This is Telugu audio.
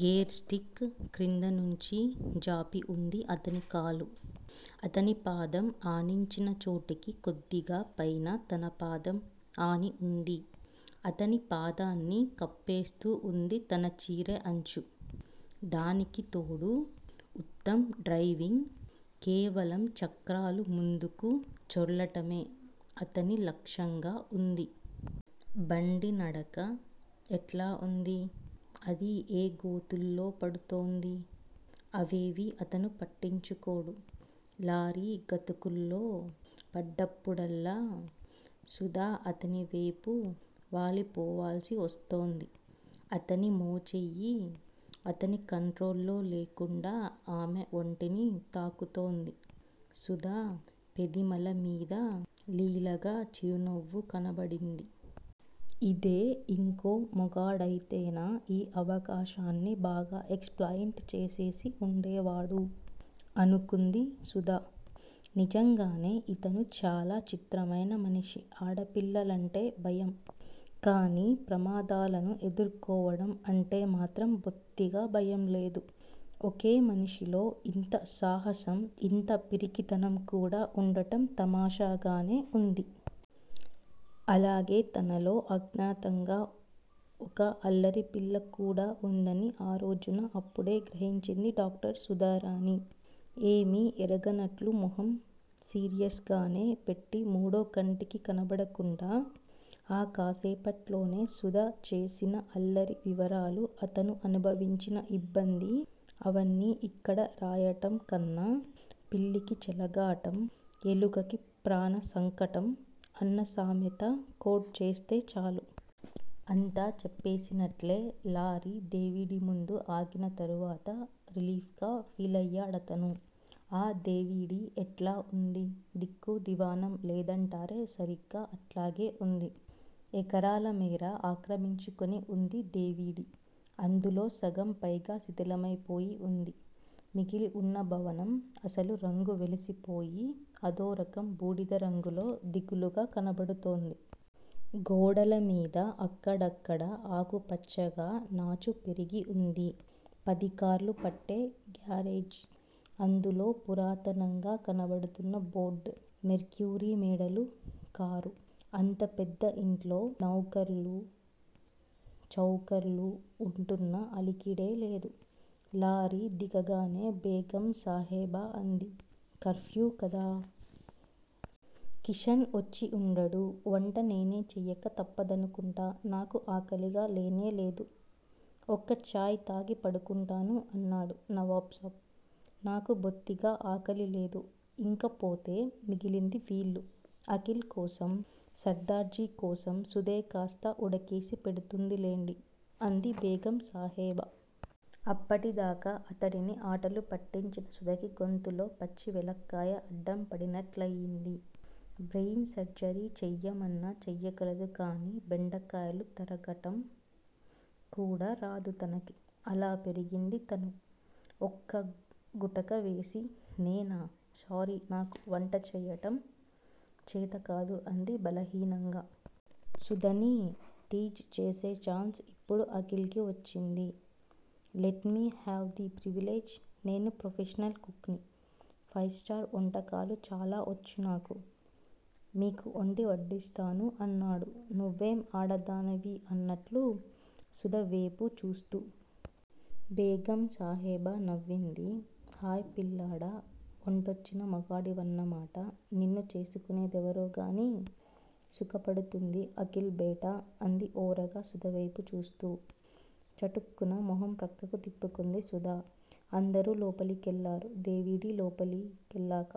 గేర్ స్టిక్ క్రిందనుంచి జాపి వుంది అతని కాలు. అతని పాదం ఆనించిన చోటుకి కొద్దిగా పైన తన పాదం ఆని వుంది. అతని పాదాన్ని కప్పేస్తూ వుంది తన చీరె అంచు. దానికితోడు ఉత్తమ్ డ్రైవింగ్! కేవలం చక్రాలు ముందుకు చొర్లటమే అతని లక్ష్యంగా ఉంది. బండీ నడక ఎట్లా ఉందీ, అది ఏ గోతుల్లో పడుతోందీ, అవేవీ అతను పట్టించుకోడు. లారీ గతుకుల్లో పడ్డప్పుడల్లా సుధ అతని వేపు వాలిపోవాల్సి వస్తోంది. అతని మోచెయ్యి అతని కంట్రోల్లో లేకుండా ఆమె వంటిని తాకుతోంది. సుధ పెదిమల మీద లీలగా చిరునవ్వు కనబడింది. 'ఇదే ఇంకో మొగాడయితేనా ఈ అవకాశాన్ని బాగా ఎక్స్ ప్లాయిట్ చేసేసి వుండేవాడు' అనుకుంది సుధ. నిజంగానే ఇతను చాలా చిత్రమైన మనిషి! ఆడపిల్లలంటే భయం. కానీ ప్రమాదాలను ఎదుర్కోవడం అంటే మాత్రం బొత్తిగా భయం లేదు. ఒకే మనిషిలో ఇంత సాహసం, ఇంత పిరికితనం కూడా ఉండటం తమాషాగానే వుంది. అలాగే తనలో అజ్ఞాతంగా ఒక అల్లరిపిల్ల కూడా ఉందని ఆ రోజున అప్పుడే గ్రహించింది డాక్టర్ సుధారాణి. ఏమీ ఎరగనట్లు మొహం సీరియస్ గానే పెట్టి మూడో కంటికి కనబడకుండా, ఆ కాసేపట్లోనే సుధ చేసిన అల్లరి వివరాలు, అతను అనుభవించిన యిబ్బంది, అవన్నీ యిక్కడ రాయటంకన్నా 'పిల్లికి చెలగాటం, ఎలుకకి ప్రాణసంకటం' అన్న సామెత కోడ్ చేస్తే చాలు! అంతా చెప్పేసినట్లే. లారీ దేవిడీ ముందు ఆగిన తరువాత రిలీఫ్ గా ఫీలయ్యాడతను. ఆ దేవిడీ ఎట్లా ఉంది? దిక్కూ దివాణం లేదంటారే సరిగ్గా అట్లాగే ఉంది. ఎకరాల మేర ఆక్రమించుకుని ఉంది దేవిడీ. అందులో సగం పైగా శిథిలమైపోయి వుంది. మిగిలివున్న భవనం అసలు రంగు వెలిసిపోయి, అదోరకం బూడిద రంగులో దిగులుగా కనబడుతోంది. గోడల మీద అక్కడక్కడా ఆకుపచ్చగా నాచు పెరిగి వుంది. పది కార్లు పట్టే గ్యారేజ్! అందులో పురాతనంగా కనబడుతున్న ఫోర్డు మెర్క్యురీ మోడలు కారు! అంత పెద్ద ఇంట్లో నౌఖర్లూ, చౌకర్లూ ఉంటున్న అలికిడే లేదు. లారీ దిగగానే బేగం సాహెబా అంది- కర్ఫ్యూ కదా! కిషన్ వచ్చి ఉండడు. వంట నేనే చెయ్యక తప్పదనుకుంటా. నాకు ఆకలిగా లేనే లేదు. ఒక చాయ్ తాగి పడుకుంటాను అన్నాడు నవాబ్ సాబ్. నాకూ బొత్తిగా ఆకలి లేదు. ఇంకపోతే మిగిలింది వీళ్ళు. అఖిల్ కోసం, సర్దార్జీ కోసం సుధే కాస్త ఉడకేసి పెడుతుందిలెండి అంది బేగం సాహెబా. అప్పటిదాకా అతడిని ఆటలు పట్టించిన సుధకి గొంతులో పచ్చి వెలక్కాయ అడ్డం పడినట్లయ్యింది. బ్రెయిన్ సర్జరీ చెయ్యమన్నా చెయ్యగలదు గాని, బెండకాయలు తరగటం కూడా రాదు తనకి! అలా పెరిగింది తను! ఒక్క గుటక వేసి నేనా! సారీ నాకు వంట చెయ్యటం చేతకాదు అంది బలహీనంగా. సుధని టీజ్ చేసే ఛాన్స్ ఇప్పుడు అఖిల్ కి వచ్చింది. Let me have the privilege! నేను ప్రొఫెషనల్ కుక్ ని! ఫైవ్ స్టార్ వంటకాలు చాలా వచ్చు నాకు. మీకు వండి వడ్డిస్తాను అన్నాడు నువ్వేం ఆడదానివి? అన్నట్లు సుధ వేపు చూస్తూ. బేగం సాహెబా నవ్వింది. హాయ్ పిల్లాడా! వంటొచ్చిన మొగాడివన్నమాట! నిన్ను చేసుకునే దెవరోగానీ సుఖపడుతుంది అఖిల్ బేటా అంది ఓరగా సుధ వేపు చూస్తూ. చటుక్కున మొహం ప్రక్కకు తిప్పుకుంది సుధ. అందరూ లోపలికెళ్ళారు. దేవిడీ లోపలికెళ్ళాక